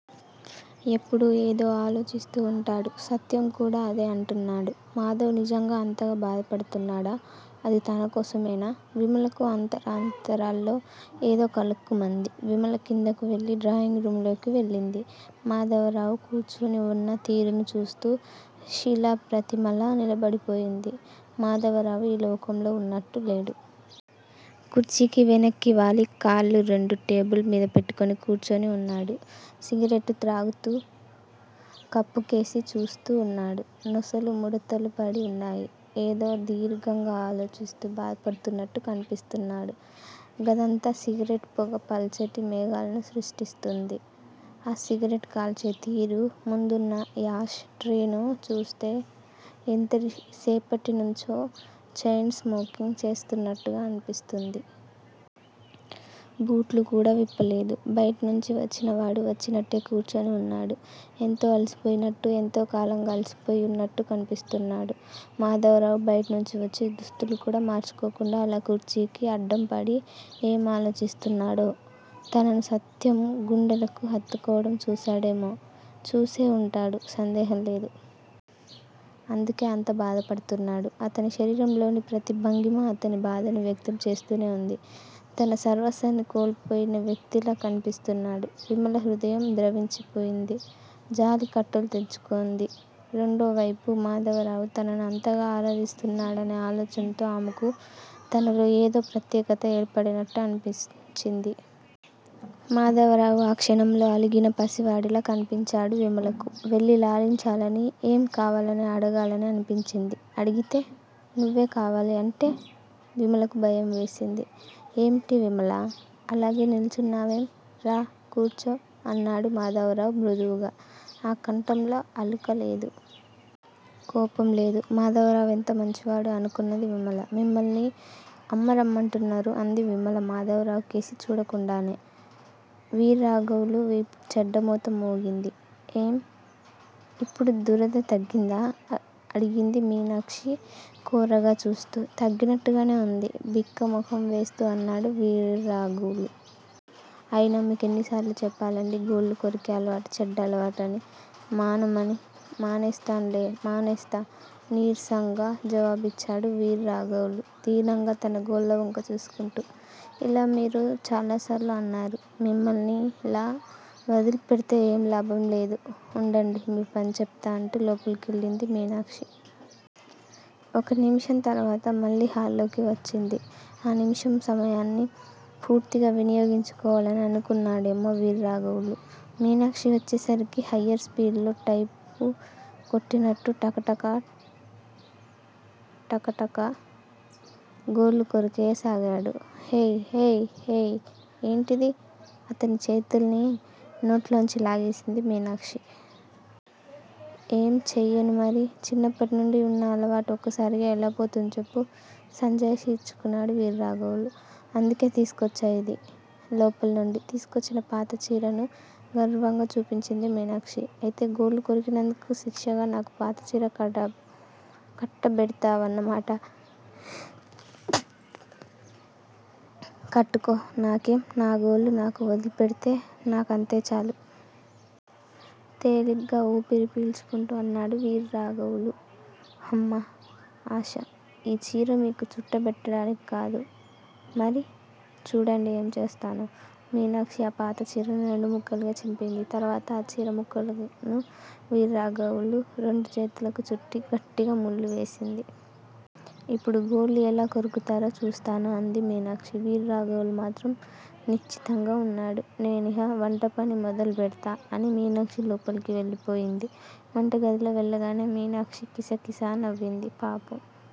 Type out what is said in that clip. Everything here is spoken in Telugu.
ఎప్పుడూ ఏదో ఆలోచిస్తూనే ఉంటాడు. సత్యం కూడా అదే అంటున్నాడు. మాధవ్ నిజంగా అంతగా బాధపడుతున్నాడా? అది తనకోసమేనా? విమలకు అంతరాంతరాల్లో ఏదో కలుక్కుమంది. విమల కిందకు వెళ్ళి డ్రాయింగ్ రూంలోకి వెళ్ళింది. మాధవరావు కూర్చొనివున్న తీరును చూస్తూ శిలాప్రతిమలా నిలబడిపోయింది. మాధవరావు ఈ లోకంలో ఉన్నట్టు లేడు. కుర్చీకి వెనక్కివాలి కాళ్ళు రెండూ టేబుల్ మీద పెట్టుకొని కూర్చొని ఉన్నాడు. సిగరెట్టు త్రాగుతూ కప్పుకేసి చూస్తూ ఉన్నాడు. నొసలు ముడతలుపడి ఉన్నాయి. ఏదో దీర్ఘంగా ఆలోచిస్తూ బాధపడుతున్నట్టు కన్పిస్తున్నాడు. గదంతా సిగరెట్ పొగ పల్చటి మేఘాలను సృష్టిస్తోంది. ఆ సిగరెట్ కాల్చే తీరూ ముందున్న యాష్ ట్రేను చూస్తే ఎంతసేపటినుంచో చైన్ స్మోకింగ్ చేస్తున్నట్టు అన్పిస్తుంది. బూట్లు కూడా విప్పలేదు. బయటనుంచి వచ్చినవాడు వచ్చినట్టే కూర్చొని ఉన్నాడు. ఎంతో అలసిపోయినట్టు ఎంతో కాలంగా అలిసిపోయి ఉన్నట్టు కన్పిస్తున్నాడు. మాధవరావు బయటనుంచి వచ్చి దుస్తులుకూడా మార్చుకోకుండా అలా కుర్చీకి అడ్డంపడి ఏం ఆలోచిస్తున్నాడో? తనను సత్యం గుండెలకు హత్తుకోవడం చూశాడేమో? చూసే ఉంటాడు సందేహం లేదు. అందుకే అంత బాధపడుతున్నాడు. అతని శరీరంలోని ప్రతి భంగిమా అతని బాధను వ్యక్తం చేస్తూనే ఉంది. తన సర్వస్వాన్ని కోల్పోయిన వ్యక్తిలా కన్పిస్తున్నాడు. విమల హృదయం ద్రవించిపోయింది. జాలి కట్టలు తెంచుకొంది. రెండోవైపు మాధవరావు తనను అంతగా ఆరాధిస్తున్నాడనే ఆలోచనతో ఆమెకు తనలో ఏదో ప్రత్యేకత ఏర్పడినట్టు అనిపించింది. మాధవరావు ఆ క్షణంలో అలిగిన పసివాడిలా కన్పించాడు విమలకు. వెళ్ళి లాలించాలనీ ఏం కావాలని అడగాలనీ అనిపించింది. అడిగితే? నువ్వే కావాలి అంటే? విమలకు భయం వేసింది. ఏమిటి విమలా? అలాగే నిల్చున్నావేం? రా! కూర్చో! అన్నాడు మాధవరావు మృదువుగా. ఆ కంఠంలో అలుక లేదు. కోపం లేదు. మాధవరావు ఎంత మంచివాడు! అనుకొన్నది విమల. మిమ్మల్ని అమ్మ రమ్మంటున్నారు అంది విమల మాధవరావు కేసి చూడకుండానే. వీర్రాఘవులు వీపు చెడ్డమోత మోగింది. ఏం? ఇప్పుడు దురద తగ్గిందా? అడిగింది మీనాక్షి కోరగా చూస్తూ. తగ్గినట్టుగానే ఉంది బిక్కమొహం వేస్తూ అన్నాడు వీర్రాఘవులు. అయినా మీకెన్నిసార్లు చెప్పాలండీ గోళ్లు కొరికే అలవాటు చెడ్డ అలవాటనీ మానమనీ మానేస్తాన్లే మానేస్తా నీర్సంగా జవాబిచ్చాడు వీర్రాఘవులు దీనంగా తన గోళ్లవంక చూస్కుంటూ. ఇలా మీరు చాలాసార్లు అన్నారు మిమ్మల్నిలా వదిలిపెడ్తే ఏం లాభం లేదు ఉండండి మీ పని చెప్తా అంటూ లోపలికెళ్లింది మీనాక్షి. ఒక నిమిషం తర్వాత మళ్లీ హాల్లోకి వచ్చింది. ఆ నిమిషం సమయాన్ని పూర్తిగా వినియోగించుకోవాలని అనుకున్నాడేమో వీర్రాఘవులు మీనాక్షి వచ్చేసరికి హయ్యర్ స్పీడ్ లో టైపు కొట్టినట్టు టక టక టక టక గోళ్లు కొరికెయ్యసాగాడు. హేయ్ హేయ్ హేయ్ ఏంటిది? అతని చేతుల్ని నోట్లోంచి లాగేసింది మీనాక్షి. ఏం చెయ్యనుమరి? చిన్నప్పటి నుండీ ఉన్న అలవాటు ఒక్కసారిగా ఎలా పోతుంది చెప్పు? సంజాయిషీ ఇచ్చుకున్నాడు వీర్రాఘవులు. అందుకే తీసుకొచ్చా ఇది! లోపల్నుండి తీసుకొచ్చిన పాత చీరని గర్వంగా చూపించింది మీనాక్షి. అయితే గోళ్లు కొరికనందుకు శిక్షగా నాకు పాతచీర కట్టబెడ్తావన్నమాట! కట్టుకో నాకేం? నా గోళ్లు నాకు వదిలిపెడ్తే నాకంతే చాలు! తేలిగ్గా ఊపిరి పీల్చుకుంటూ అన్నాడు వీర్రాఘవులు. హమ్మా ఆశ! ఈ చీర మీకు చుట్టబెట్టడానిక్కాదు! మరి? చూడండి ఏం చేస్తానో! మీనాక్షి ఆ పాత చీరని రెండు ముక్కలుగా చింపింది. తర్వాత ఆ చీర ముక్కలను వీర్రాఘవులు రెండు చేతులకీ చుట్టి గట్టిగా ముళ్లు వేసింది. ఇప్పుడు గోళ్లు ఎలా కొరుకుతారో చూస్తాను అంది మీనాక్షి. వీర్రాఘవులు మాత్రం నిశ్చితంగా ఉన్నాడు. నేనిహ వంటపని మొదలుబెడ్తా అని మీనాక్షి లోపలికి వెళ్లిపోయింది. వంటగదిలోకి వెళ్ళగానే మీనాక్షి కిసకిసా నవ్వింది. పాపం!